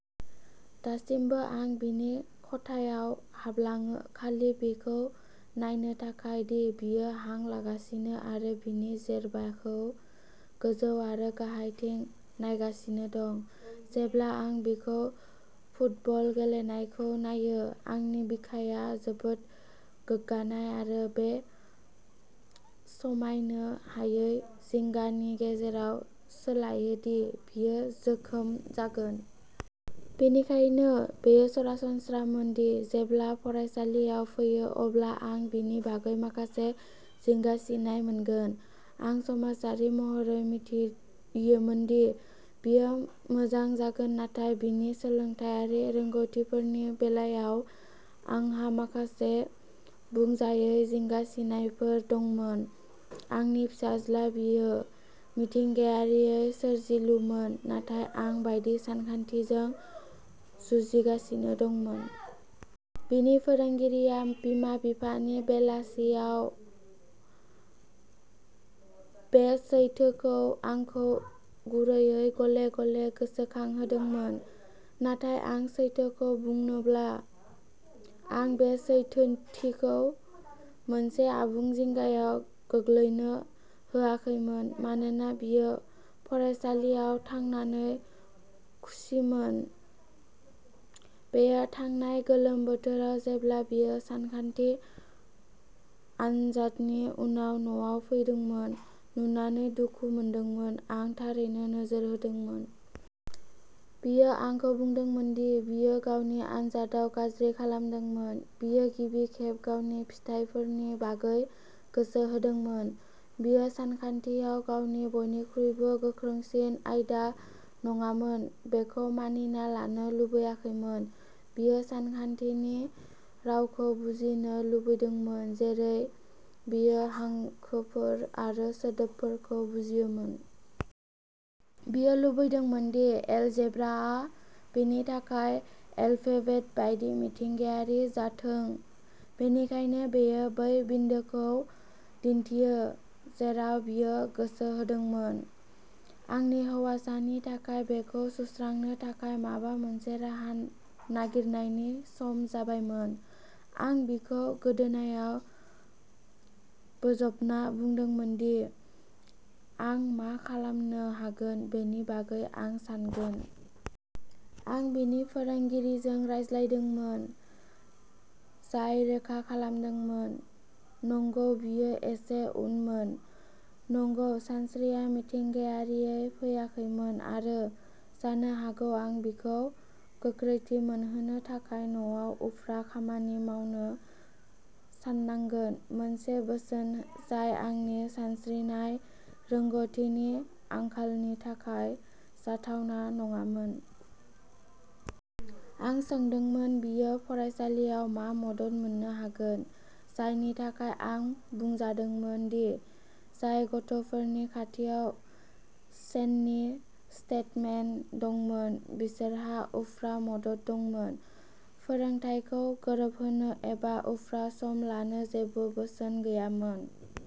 दासिमबो आं बिनि खथायाव हाबलाङो खालि बेखौ नायनो थाखाय दि बियो हां लागासिनो आरो बिनि जेरबाखौ गोजौ आरो गाहायथिं नायगासिनो दं। जेब्ला आं बिखौ फुटबल गेलेनायखौ नायो, आंनि बिखाया जोबोद गोग्गानाय आरो बे सहायनो हायै जिंगानि गेजेराव सोलायो दि बियो जोखोम जागोन। बेनिखायनो बेयो सरासनस्रामोन दि जेब्ला फरायसालियाव फैयो, अब्ला आं बिनि बागै माखासे जिंगासिनाय मोनगोन। आं समाजारि महरै मिथियोमोनदि बियो मोजां जागोन नाथाय बिनि सोलोंथायारि रोंग'थिफोरनि बेलायाव आंहा माखासे बुंजायै जिंगासिनायफोर दंमोन। आंनि फिसाज्ला बियो मिथिंगायारियै सोरजिलुमोन नाथाय आं बायदि सानखान्थिजों जुजिगासिनो दंमोन। बिनि फोरोंगिरिआ बिमा-बिफानि बेलासियाव बे सैथोखौ आंखौ गुरैयै गले-गले गोसोखांहोदोंमोन, नाथाय आं सैथोखौ बुंनोब्ला आं बे सैथोथिखौ मोनसे आबुं जिंगायाव गोग्लैनो होआखैमोन मानोना बियो फरायसालियाव थांनानै खुसिमोन। बेयो थांनाय गोलोम बोथोराव जेब्ला बियो सानखान्थि आनजादनि उनाव न'आव फैदोंमोन, नुनानै दुखु मोनदोंमोन, आं थारैनो नोजोर होदोंमोन। बियो आंखौ बुंदोंमोन दि बियो गावनि आनजादआव गाज्रि खालामदोंमोन। बियो गिबि खेब गावनि फिथायफोरनि बागै गोसो होदोंमोन। बियो सानखान्थियाव गावनि बयनिख्रुइबो गोख्रोंसिन आयदा नङामोन बेखौ मानिना लानो लुबैयाखैमोन। बियो सानखान्थिनि रावखौ बुजिनो लुबैदोंमोन जेरै बियो हांखोफोर आरो सोदोबफोरखौ बुजियोमोन। बियो लुबैदोंमोन दि एलजेब्राआ बिनि थाखाय एलफेबेट बायदि मिथिंगायारि जाथों बेनिखायनो बेयो बै बिन्दोखौ दिन्थियो जेराव बियो गोसो होदोंमोन। आंनि हौवासानि थाखाय बेखौ सुस्रांनो थाखाय माबा मोनसे राहा नागिरनायनि सम जाबायमोन। आं बिखौ गोदोनायाव बोजबना बुंदोंमोन दि आं मा खालामनो हागोन बेनि बागै आं सानगोन। आं बिनि फोरोंगिरिजों रायज्लायदोंमोन, जाय रोखा खालामदोंमोन, नंगौ बियो एसे उनमोन, नंगौ सानस्रिया मिथिंगायारियै फैयाखैमोन आरो जानो हागौ आं बिखौ गोख्रैथि मोनहोनो थाखाय न'आव उफ्रा खामानि मावनो साननांगोन मोनसे बोसोन जाय आंनि सानस्रिनाय रोंग'थिनि आंखालनि थाखाय जाथावना नङामोन। आं सोंदोंमोन बियो फरायसालियाव मा मदद मोननो हागोन, जायनि थाखाय आं बुंजादोंमोन दि जाय गथ'फोरनि खाथियाव सेननि स्टेटमेन्ट दंमोन बिसोरहा उफ्रा मदद दंमोन। फोरोंथायखौ गोरोबहोनो एबा उफ्रा सम लानो जेबो बोसोन गैयामोन।